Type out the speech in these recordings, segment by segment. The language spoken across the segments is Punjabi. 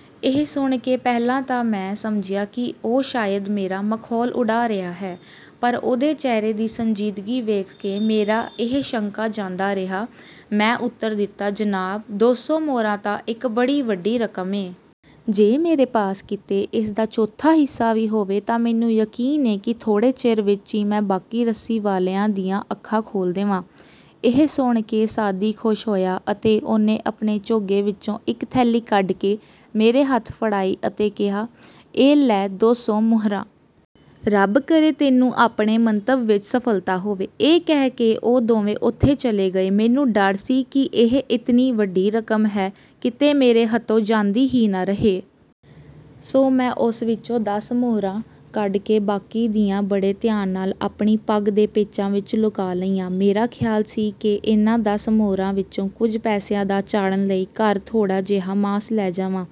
" ਇਹ ਸੁਣ ਕੇ ਪਹਿਲਾਂ ਤਾਂ ਮੈਂ ਸਮਝਿਆ ਕਿ ਉਹ ਸ਼ਾਇਦ ਮੇਰਾ ਮਖੌਲ ਉਡਾ ਰਿਹਾ ਹੈ, ਪਰ ਉਹਦੇ ਚਿਹਰੇ ਦੀ ਸੰਜੀਦਗੀ ਵੇਖ ਕੇ ਮੇਰਾ ਇਹ ਸ਼ੰਕਾ ਜਾਂਦਾ ਰਿਹਾ। ਮੈਂ ਉੱਤਰ ਦਿੱਤਾ, "ਜਨਾਬ, ਦੋ ਸੌ ਮੋਹਰਾਂ ਤਾਂ ਇਕ ਬੜੀ ਵੱਡੀ ਰਕਮ ਏ। ਜੇ ਮੇਰੇ ਪਾਸ ਕਿਤੇ ਇਸ ਦਾ ਚੌਥਾ ਹਿੱਸਾ ਵੀ ਹੋਵੇ ਤਾਂ ਮੈਨੂੰ ਯਕੀਨ ਏ ਕਿ ਥੋੜ੍ਹੇ ਚਿਰ ਵਿਚ ਈ ਮੈਂ ਬਾਕੀ ਰੱਸੀ ਵਾਲਿਆਂ ਦੀਆਂ ਅੱਖਾਂ ਖੋਲ੍ਹ ਦੇਵਾਂ। " ਇਹ ਸੁਣ ਕੇ ਸਾਅਦੀ ਖੁਸ਼ ਹੋਇਆ ਅਤੇ ਉਹਨੇ ਆਪਣੇ ਚੋਗੇ ਵਿਚੋਂ ਇਕ ਥੈਲੀ ਕਢ ਕੇ ਮੇਰੇ ਹੱਥ ਫੜਾਈ ਅਤੇ ਕਿਹਾ, "ਇਹ ਲੈ ਦੋ ਸੌ ਮੁਹਰਾਂ! ਰੱਬ ਕਰੇ ਤੈਨੂੰ ਆਪਣੇ ਮੰਤਵ ਵਿਚ ਸਫਲਤਾ ਹੋਵੇ। " ਇਹ ਕਹਿ ਕੇ ਉਹ ਦੋਵੇਂ ਉੱਥੋਂ ਚਲੇ ਗਏ। ਮੈਨੂੰ ਡਰ ਸੀ ਕਿ ਇਹ ਇਤਨੀ ਵੱਡੀ ਰਕਮ ਹੈ, ਕਿਤੇ ਮੇਰੇ ਹੱਥੋਂ ਜਾਂਦੀ ਹੀ ਨ ਰਹੇ। ਸੋ ਮੈਂ ਉਸ ਵਿਚੋਂ ਦਸ ਮੁਹਰਾਂ ਕੱਢ ਕੇ ਬਾਕੀ ਦੀਆਂ ਬੜੇ ਧਿਆਨ ਨਾਲ ਆਪਣੀ ਪੱਗ ਦੇ ਪੇਚਾਂ ਵਿਚ ਲੁਕਾ ਲਈਆਂ। ਮੇਰਾ ਖ਼ਿਆਲ ਸੀ ਕਿ ਇਹਨਾਂ ਦਸ ਮੁਹਰਾਂ ਵਿਚੋਂ ਕੁਝ ਪੈਸਿਆਂ ਦਾ ਚਾੜ੍ਹਨ ਲਈ ਘਰ ਥੋੜ੍ਹਾ ਜਿਹਾ ਮਾਸ ਲੈ ਜਾਵਾਂ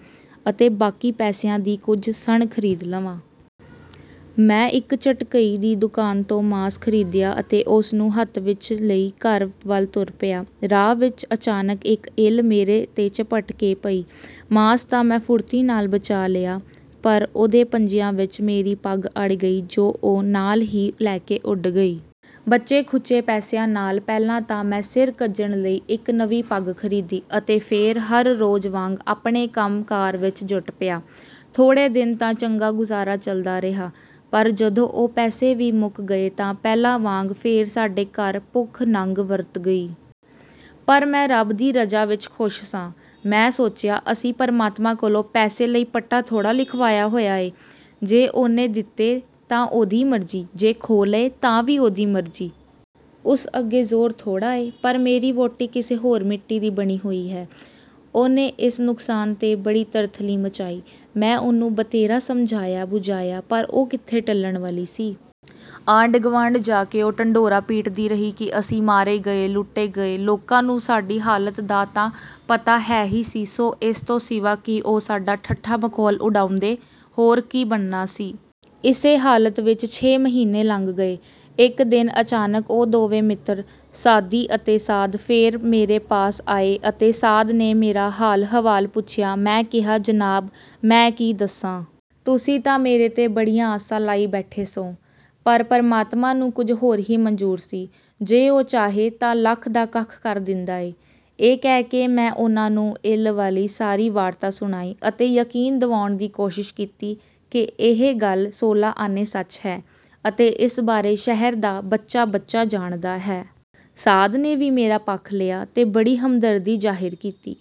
ਅਤੇ ਬਾਕੀ ਪੈਸਿਆਂ ਦੀ ਕੁਝ ਸਣ ਖ਼ਰੀਦ ਲਵਾਂ। ਮੈਂ ਇਕ ਝਟਕਈ ਦੀ ਦੁਕਾਨ ਤੋਂ ਮਾਸ ਖ਼ਰੀਦਿਆ ਅਤੇ ਉਸ ਨੂੰ ਹੱਥ ਵਿਚ ਲਈ ਘਰ ਵਲ ਤੁਰ ਪਿਆ। ਰਾਹ ਵਿਚ ਅਚਾਨਕ ਇਕ ਇੱਲ ਮੇਰੇ ਤੇ ਝੱਪਟ ਕੇ ਪਈ। ਮਾਸ ਤਾਂ ਮੈਂ ਫੁਰਤੀ ਨਾਲ ਬਚਾ ਲਿਆ, ਪਰ ਉਹਦੇ ਪੰਜਿਆਂ ਵਿਚ ਮੇਰੀ ਪੱਗ ਅੜ ਗਈ ਜੋ ਉਹ ਨਾਲ ਹੀ ਲੈ ਕੇ ਉੱਡ ਗਈ। ਬਚੇ ਖੁਚੇ ਪੈਸਿਆਂ ਨਾਲ ਪਹਿਲਾਂ ਤਾਂ ਮੈਂ ਸਿਰ ਕੱਜਣ ਲਈ ਇਕ ਨਵੀਂ ਪੱਗ ਖ਼ਰੀਦੀ, ਅਤੇ ਫੇਰ ਹਰ ਰੋਜ਼ ਵਾਂਗ ਆਪਣੇ ਕੰਮ ਕਾਰ ਵਿਚ ਜੁਟ ਪਿਆ। ਥੋੜ੍ਹੇ ਦਿਨ ਤਾਂ ਚੰਗਾ ਗੁਜ਼ਾਰਾ ਚਲਦਾ ਰਿਹਾ, ਪਰ ਜਦੋਂ ਉਹ ਪੈਸੇ ਵੀ ਮੁਕ ਗਏ ਤਾਂ ਪਹਿਲਾਂ ਵਾਂਗ ਫੇਰ ਸਾਡੇ ਘਰ ਭੁੱਖ ਨੰਗ ਵਰਤ ਗਈ। ਪਰ ਮੈਂ ਰਬ ਦੀ ਰਜ਼ਾ ਵਿਚ ਖ਼ੁਸ਼ ਸਾਂ। ਮੈਂ ਸੋਚਿਆ, "ਅਸੀਂ ਪਰਮਾਤਮਾ ਕੋਲੋਂ ਪੈਸੇ ਲਈ ਪਟਾ ਥੋੜ੍ਹਾ ਲਿਖਵਾਇਆ ਹੋਇਆ ਏ! ਜੇ ਉਹਨੇ ਦੇ ਦਿੱਤੇ ਤਾਂ ਉਹਦੀ ਮਰਜ਼ੀ, ਜੇ ਖੋਹ ਲਏ ਤਾਂ ਵੀ ਉਹਦੀ ਮਰਜ਼ੀ! ਉਸ ਅੱਗੇ ਜ਼ੋਰ ਥੋੜ੍ਹਾ ਏ। " ਪਰ ਮੇਰੀ ਵਹੁਟੀ ਕਿਸੇ ਹੋਰ ਮਿੱਟੀ ਦੀ ਬਣੀ ਹੋਈ ਹੈ। ਉਹਨੇ ਇਸ ਨੁਕਸਾਨ ਤੇ ਬੜੀ ਤਰਥੱਲੀ ਮਚਾਈ। ਮੈਂ ਉਹਨੂੰ ਬਥੇਰਾ ਸਮਝਾਇਆ ਬੁਝਾਇਆ, ਪਰ ਉਹ ਕਿਥੋਂ ਟਲਣ ਵਾਲੀ ਸੀ! ਆਂਢ ਗਵਾਂਢ ਜਾ ਕੇ ਉਹ ਢੰਡੋਰਾ ਪਿਟਦੀ ਰਹੀ ਕਿ ਅਸੀਂ ਮਾਰੇ ਗਏ, ਲੁਟੇ ਗਏ! ਲੋਕਾਂ ਨੂੰ ਸਾਡੀ ਹਾਲਤ ਦਾ ਤਾਂ ਪਤਾ ਹੈ ਹੀ ਸੀ। ਸੋ ਇਸ ਤੋਂ ਸਿਵਾ ਕਿ ਉਹ ਸਾਡਾ ਠੱਠਾ ਮਖੌਲ ਉਡਾਉਂਦੇ ਹੋਰ ਕੀ ਬਣਨਾ ਸੀ। ਇਸੇ ਹਾਲਤ ਵਿਚ ਛੇ ਮਹੀਨੇ ਲੰਘ ਗਏ। ਇਕ ਦਿਨ ਅਚਾਨਕ ਉਹ ਦੋਵੇਂ ਮਿੱਤਰ, ਸਾਅਦੀ ਅਤੇ ਸਾਅਦ, ਫੇਰ ਮੇਰੇ ਪਾਸ ਆਏ ਅਤੇ ਸਾਅਦ ਨੇ ਮੇਰਾ ਹਾਲ ਹਵਾਲ ਪੁੱਛਿਆ! ਮੈਂ ਕਿਹਾ, "ਜਨਾਬ, ਮੈਂ ਕੀ ਦੱਸਾਂ! ਤੁਸੀਂ ਤਾਂ ਮੇਰੇ ਤੇ ਬੜੀਆਂ ਆਸਾਂ ਲਾਈ ਬੈਠੇ ਸੌ। ਪਰ ਪਰਮਾਤਮਾਂ ਨੂੰ ਕੁਝ ਹੋਰ ਹੀ ਮਨਜ਼ੂਰ ਸੀ! ਜੇ ਉਹ ਚਾਹੇ ਤਾਂ ਲੱਖ ਦਾ ਕੱਖ ਕਰ ਦਿੰਦਾ ਏ! ਇਹ ਕਹਿ ਕੇ ਮੈਂ ਉਹਨਾਂ ਨੂੰ ਇੱਲ ਵਾਲੀ ਸਾਰੀ ਵਾਰਤਾ ਸੁਣਾਈ ਅਤੇ ਯਕੀਨ ਦਿਵਾਉਣ ਦੀ ਕਸ਼ਿਸ਼ ਕੀਤੀ ਕਿ ਇਹ ਗਲ ਸੋਲਾਂ ਆਨੇ ਸਚ ਹੈ ਅਤੇ ਇਸ ਬਾਰੇ ਸ਼ਹਿਰ ਦਾ ਬੱਚਾ ਬੱਚਾ ਜਾਣਦਾ ਹੈ। ਸਾਅਦ ਨੇ ਵੀ ਮੇਰਾ ਪੱਖ ਲਿਆ ਤੇ ਬੜੀ ਹਮਦਰਦੀ ਜ਼ਾਹਿਰ ਕੀਤੀ!